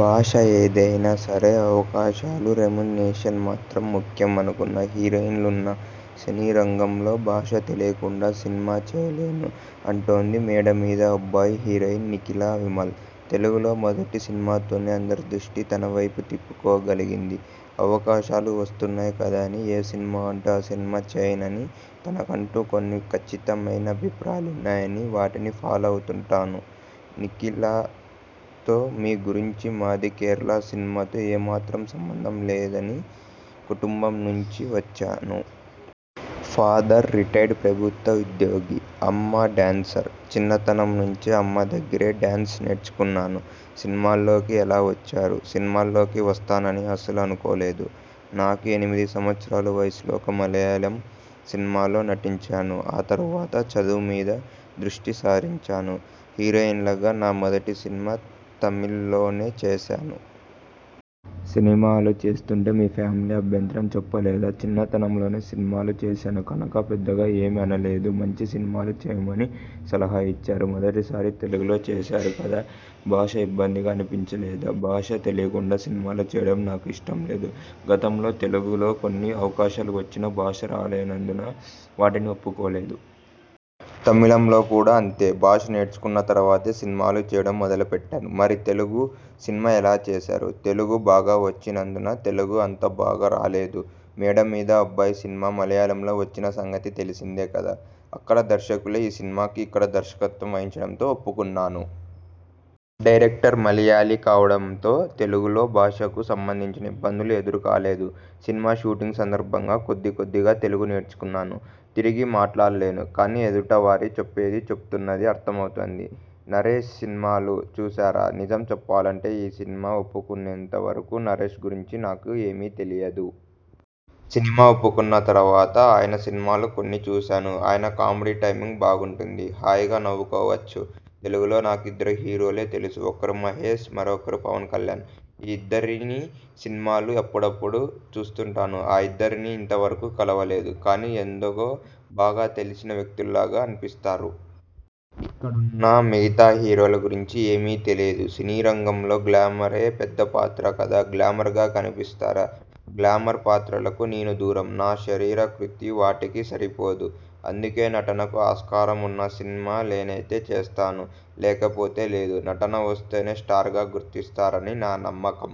భాష ఏదైనా సరే అవకాశాలూ, రెమ్యునరేషన్ మ మొత్తం ముఖ్యం అనుకునే హీరోయిన్లు ఉన్న సినీ రంగంలో భాష తెలియకుండా సినిమా చేయలేను అంటోంది 'మేడమీద అబ్బాయి' హీరోయిన్ నిఖిలా విమల్. తెలుగులో మొదటి సినిమాతోనే అందరిదృష్టి తనవైపు తిప్పుకోగలిగింది. అవకాశాలు వస్తున్నాయి కదా అని ఏ సినిమా అంటే ఆ సినిమా చేయలేననీ, తనకంటూ కొన్ని కచ్చితమైన అభిప్రాయాలున్నాయనీ వాటినే ఫాలో అవుతానంటున్న నిఖిలాతో మీ గురించి- మాది కేరళ సినిమాలతో ఏ మాత్రం సంబంధం లేని కుటుంబం నుంచి వచ్చాను. ఫాదర్ రిటైర్డ్ ప్రభుత్వ ఉద్యోగి, అమ్మ డ్యాన్సర్. చిన్నతనం నుంచి అమ్మ దగ్గరే డ్యాన్స్ నేర్చుకున్నాను. సినిమాల్లోకి ఎలా వచ్చారు? సినిమాల్లోకి వస్తానని అస్సలు అనుకోలేదు. నాకు ఎనిమిది సంవత్సరాల వయస్సులో ఓ మళయాళం సినిమాలో నటించాను. ఆ తరువాత చదువుమీద దృష్టి సారించాను. హీరోయిన్గా నా మొదటి సినిమా తమిళంలోనే చేశాను. సినిమాలు చేస్తానంటే మీ ఫ్యామిలీ అభ్యంతరం చెప్పలేదా? చిన్నతనంలోనే సినిమాలు చేశాను కనుక పెద్దగా ఏమీ అనలేదు. మంచి సినిమాలు చేయమని సలహా ఇచ్చారు. మొదటిసారి తెలుగులో చేశారు కదా. భాష ఇబ్బందిగా అనిపించలేదా? భాష తెలియకుండా సినిమాలు చేయడం నాకు ఇష్టం లేదు. గతంలో తెలుగులో కొన్ని అవకాశాలు వచ్చినా భాష రాలే నందువలనే వాటిని ఒప్పుకోలేదు. తమిళంలో కూడా అంతే భాష నేర్చుకున్న తరువాతే సినిమాలు చేయడం మొదలు పెట్టాను. మరి తెలుగు సినిమా ఎలా చేశారు. తెలుగు బాగా వచ్చిందనా తెలుగు అంత బాగా రాలేదు. 'మేడ మీద అబ్బాయి' సినిమా మళయాళంలో వచ్చిన సంగతి తెలిసిందే కదా! అక్కడి దర్శకులే ఈ సినిమాకి ఇక్కడ దర్శకత్వం వహించడంతో ఒప్పుకున్నాను. డైరెక్టర్ మళయాళీ కావడంతో తెలుగులో భాషకు సంబంధించిన ఇబ్బందులు ఎదురు కాలేదు. సినిమా షూటింగ్ సందర్భంగా కొద్ది కొద్దిగా తెలుగు నేర్చుకున్నాను. తిరిగి మాట్లాడలేను కానీ ఎదుటి వారు చెప్పేదీ, చెబుతున్నదీ అర్థమవుతోంది. నరేష్ సినిమాలు చూశారా? నిజం చెప్పాలంటే ఈ సినిమా ఒప్పుకునేంత వరకూ నరేష్ గురించి నాకు ఏమీ తెలియదు. సినిమా ఒప్పుకున్న తరువాత ఆయన సినిమాలు కొన్ని చూశాను. ఆయన కామెడీ టైమింగు బాగుంటుంది. హాయిగా నవ్వుకోవచ్చు. తెలుగులో నాకు ఇద్దరే హీరోలు తెలుసు. ఒకరు మహేష్, మరొకరు పవన్ కల్యాణ్. ఈ ఇద్దరినీ సినిమాలు అప్పుడప్పుడు చూస్తుంటాను. ఆ ఇద్దరినీ ఇంతవరకూ కలవలేదు. కానీ ఎందుకో బాగా తెలిసిన వ్యక్తుల్లాగా అనిపిస్తారు. ఇక్కడున్న మిగతా హీరోల గురించి ఏమీ తెలియదు. సినీ రంగంలో గ్లామరే పెద్ద పాత్ర కదా గ్లామర్గా కనిపిస్తారా? గ్లామర్ పాత్రలకు నేను దూరం. నా శరీరాకృతి వాటికి సరిపోదు. అందుకే నటనకు ఆస్కారం ఉన్న సినిమా లైతేనే చేస్తాను. లేకపోతే లేదు. నటన వస్తేనే స్టార్గా గుర్తిస్తారని నా నమ్మకం.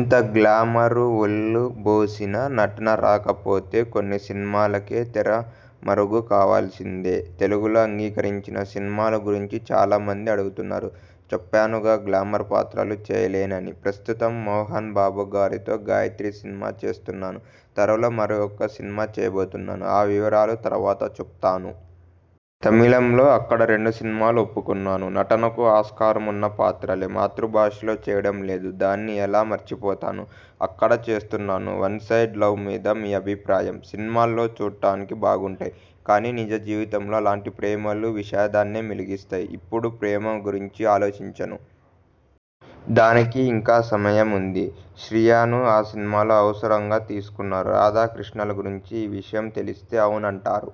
ఎంత గ్లామరు ఒలకబోసినా, నటన రాకపోతే కొన్ని సినిమాలకే తెరమరుగు కావలసిందే. తెలుగులో అంగీకరించిన సినిమాల గురించి చాలా మంది అడుగుతున్నారు. చెప్పానుగా గ్లామర్ పాత్రలు చేయలేననీ. ప్రస్తుతం మోహన్ బాబు గారితో 'గాయత్రి' సినిమా చేస్తున్నాను. త్వరలోనే మరొక సినిమా చేయబోతున్నాను. ఆ వివరాలు తరువాత చెబుతాను. తమిళంలో అక్కడ రెండు సినిమాలు ఒప్పుకున్నాను. నటనకు ఆస్కారం ఉన్న పాత్రలే! మాతృభాషలో చేయడం లేదా? దాన్ని ఎలా మరిచిపోతాను. అక్కడా చేస్తున్నాను. వన్సైడ్ లవ్ మీద మీ అభిప్రాయం? సినిమాల్లో చూడడానికి బాగుంటాయి కానీ, నిజజీవితంలో అలాంటి ప్రేమలు విషాదాన్నే మిగులుస్తాయి. ఇప్పుడే ప్రేమ గురించి ఆలోచించను. దానికి ఇంకా సమయముంది. 'శ్రియను ఆ సినిమాలో అనవసరంగా తీసుకున్నారు' రాధాకృష్ణుల గురించి ఈ విషయం తెలిస్తే ఔనా అంటారు.